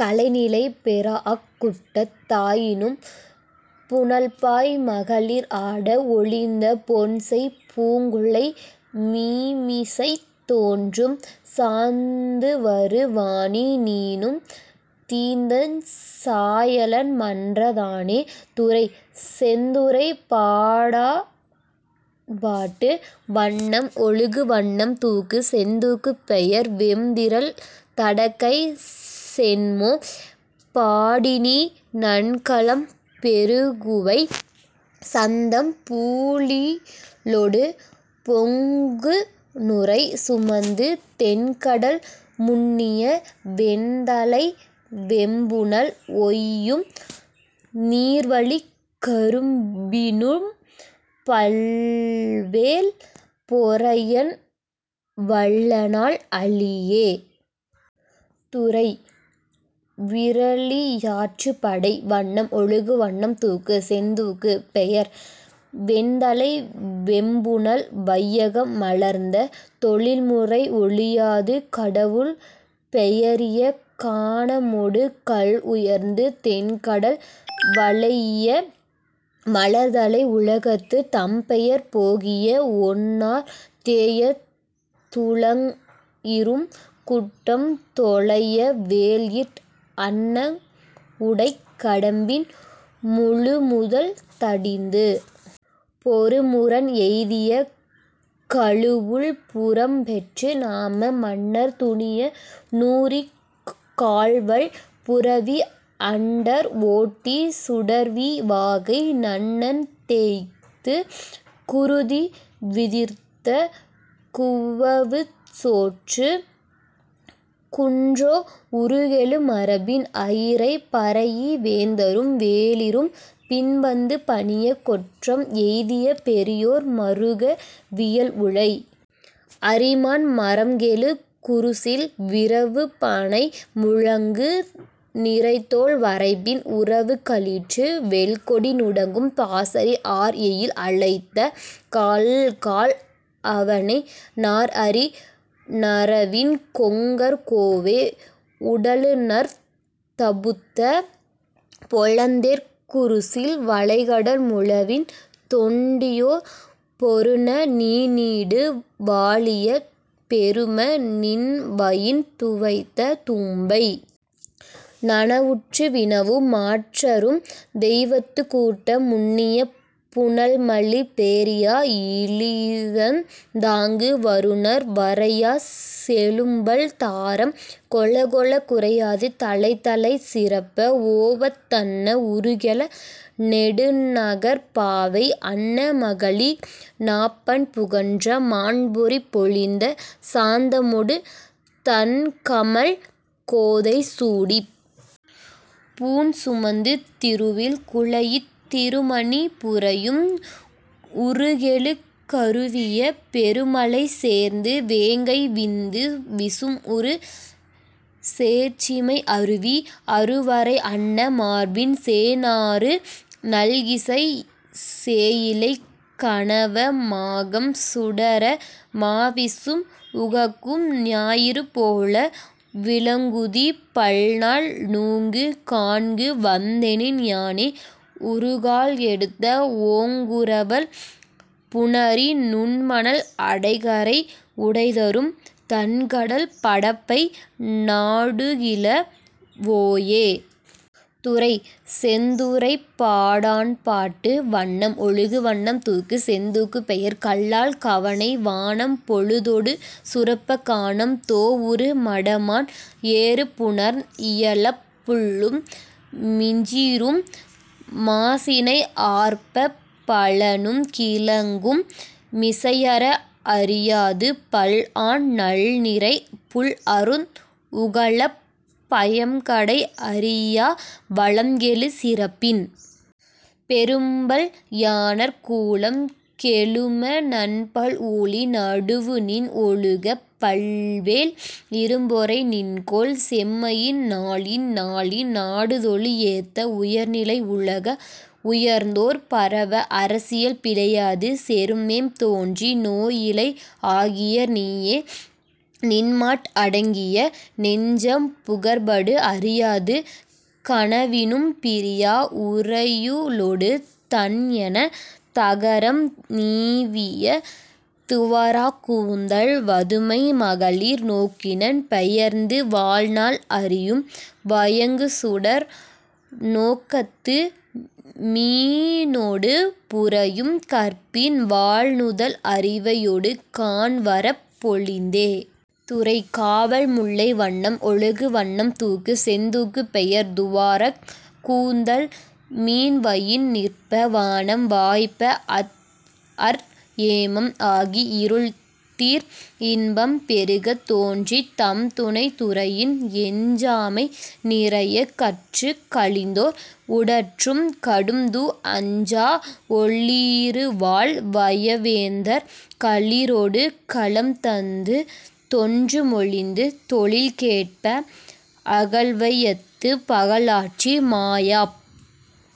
கழைநிலை பெறாஅக் குட்டத் தாயினும் புனல்பாய் மகளிர் ஆட ஒழிந்த பொன்செய் பூங்குழை மீமிசைத் தோன்றும் சாந்துவரு வானி நீனும் தீந்தண் சாயலன் மன்ற தானே. துறை: செந்துறைப் பாடாண்பாட்டு வண்ணம்: ஒழுகுவண்ணம் தூக்கு: செந்தூக்கு பெயர்: வெம்திறல் தடக்கை சென்மோ பாடினி நன்கலம் பெறுகுவை சந்தம் பூழிலொடு பொங்குநுரை சுமந்து தெண்கடல் முன்னிய வெண்தலைச் செம்புனல் ஒய்யும் நீர்வழிக் கரும்பினும் பல்வேல் பொறையன் வல்லனால் அளியே. துறை: விறலியாற்றுப்படை வண்ணம்: ஒழுகுவண்ணம் தூக்கு: செந்தூக்கு பெயர்: வெண்தலைச் செம்புனல் வையகம் மலர்ந்த தொழில்முறை ஒழியாது கடவுள் பெயரிய கானமொடு கல்உயர்ந்து தெண்கடல் வளைஇய மலர்தலை உலகத்துத் தம்பெயர் போகிய ஒன்னார் தேயத் துளங்இரும் குட்டம் தொலைய வேல்இட் அணங்உடைக் கடம்பின் முழுமுதல் தடிந்து பொருமுரண் எய்திய கழுவுள் புறம்பெற்று நாம மன்னர் துணிய நூறிக் கால்வல் புரவி அண்டர் ஓட்டிச் சுடர்வீ வாகை நன்னன் தேய்த்துக் குருதி விதிர்த்த குவவுச்சோற்றுக் குன்றோ உருகெழு மரபின் அயிரை பரைஇ வேந்தரும் வேளிரும் பின்வந்து பணியக் கொற்றம் எய்திய பெரியோர் மருக வியல்உளை அரிமான் மறம்கெழு குருசில் விரவுப்பணை முழங்கு நிரைதோல் வரைப்பின் உரவுக்களிற்று வெல்கொடி நுடங்கும் பாசறை ஆர்எயில் அலைத்த கல்கால் கவணை நார்அரி நறவின் கொங்கர் கோவே உடலுநர்த் தபுத்த பொலம்தேர்க் குருசில் வளைகடல் முழவின் தொண்டியோர் பொருந நீநீடு வாழிய பெரும நின்வயின் துவைத்த தும்பை நனவுற்று வினவும் மாற்றரும் தெய்வத்துக் கூட்ட முன்னிய புனல்மலி பேரியா இழிதந் தாங்கு வருநர் வரையாச் செழும்பல் தாரம் கொளக்கொளக் குறையாது தலைத்தலைச் சிறப்ப ஓவத் தன்ன உருகெழு நெடுநகர்ப் பாவை அன்ன மகளிர் நாப்பண் புகன்ற மாண்பொறிப் பொலிந்த சாந்தமொடு தண்கமழ் கோதை சூடிப் பூண்சுமந்து திருவில் குலைஇத் திருமணி புரையும் உருகெழு கருவிய பெருமழை சேர்ந்து வேங்கை விந்து விசும்உறு சேட்சிமை அருவி அருவரை அன்ன மார்பின் சேண்நாறு நல்இசைச் சேயிழை கணவ மாகம் சுடர மாவிசும் உகக்கும் ஞாயிறு போல விளங்குதி பல்நாள் ஈங்குக் காண்கு வந்தனென் யானே உறுகால் எடுத்த ஓங்குவரல் புணரி நுண்மணல் அடைகரை உடைதரும் தண்கடல் படப்பை நாடுகிழ வோயே. துறை: செந்துறைப்பாடாண்பாட்டு வண்ணம்: ஒழுகுவண்ணம் தூக்கு: செந்தூக்கு பெயர்: கல்கால் கவணை வானம் பொழுதொடு சுரப்பக் கானம் தோஉறு மடமான் ஏறுபுணர்ந் இயலப் புள்ளும் மிஞிறும் மாச்சினை ஆர்ப்பப் பழனும் கிழங்கும் மிசைஅற அறியாது பல்ஆன் நல்நிரை புல்அருந் உகளப் பயம்கடை அறியா வளம்கெழு சிறப்பின் பெரும்பல் யாணர்க் கூலம் கெழும நன்பல் ஊழி நடுவுநின் ஒழுகப் பல்வேல் இரும்பொறை நின்கோல் செம்மையின் நாளின் நாளின் நாடுதொழு ஏத்த உயர்நிலை உலகத் உயர்ந்தோர் பரவ அரசியல் பிழையாது செருமேம் தோன்றி நோய்இலை ஆகியர் நீயே நின்மாட் அடங்கிய நெஞ்சம் புகர்படு அறியாது கனவினும் பிரியா உறையுளொடு தண்எனத் தகரம் நீவிய துவராக் கூந்தல் வதுவை மகளிர் நோக்கினர் பெயர்ந்து வாழ்நாள் அறியும் வயங்குசுடர் நோக்கத்து மீனொடு புரையும் கற்பின் வாள்நுதல் அரிவையொடு காண்வரப் பொலிந்தே. துறை: காவல்முல்லை வண்ணம்: ஒழுகுவண்ணம் தூக்கு: செந்தூக்கு பெயர்: துவராக் கூந்தல் மீன்வயின் நிற்ப வானம் வாய்ப்ப அச்அற் ஏமம் ஆகி இருள்தீர்ந் இன்பம் பெருகத் தோன்றித் தம்துணைத் துறையின் எஞ்சாமை நிறையக் கற்றுக் கழிந்தோர் உடற்றும் கடும்தூ அஞ்சா ஒளிறுவாள் வயவேந்தர் களிறொடு கலம்தந்து தொன்றுமொழிந்து தொழில்கேட்ப அகல்வையத்துப் பகல்ஆற்றி மாயாப்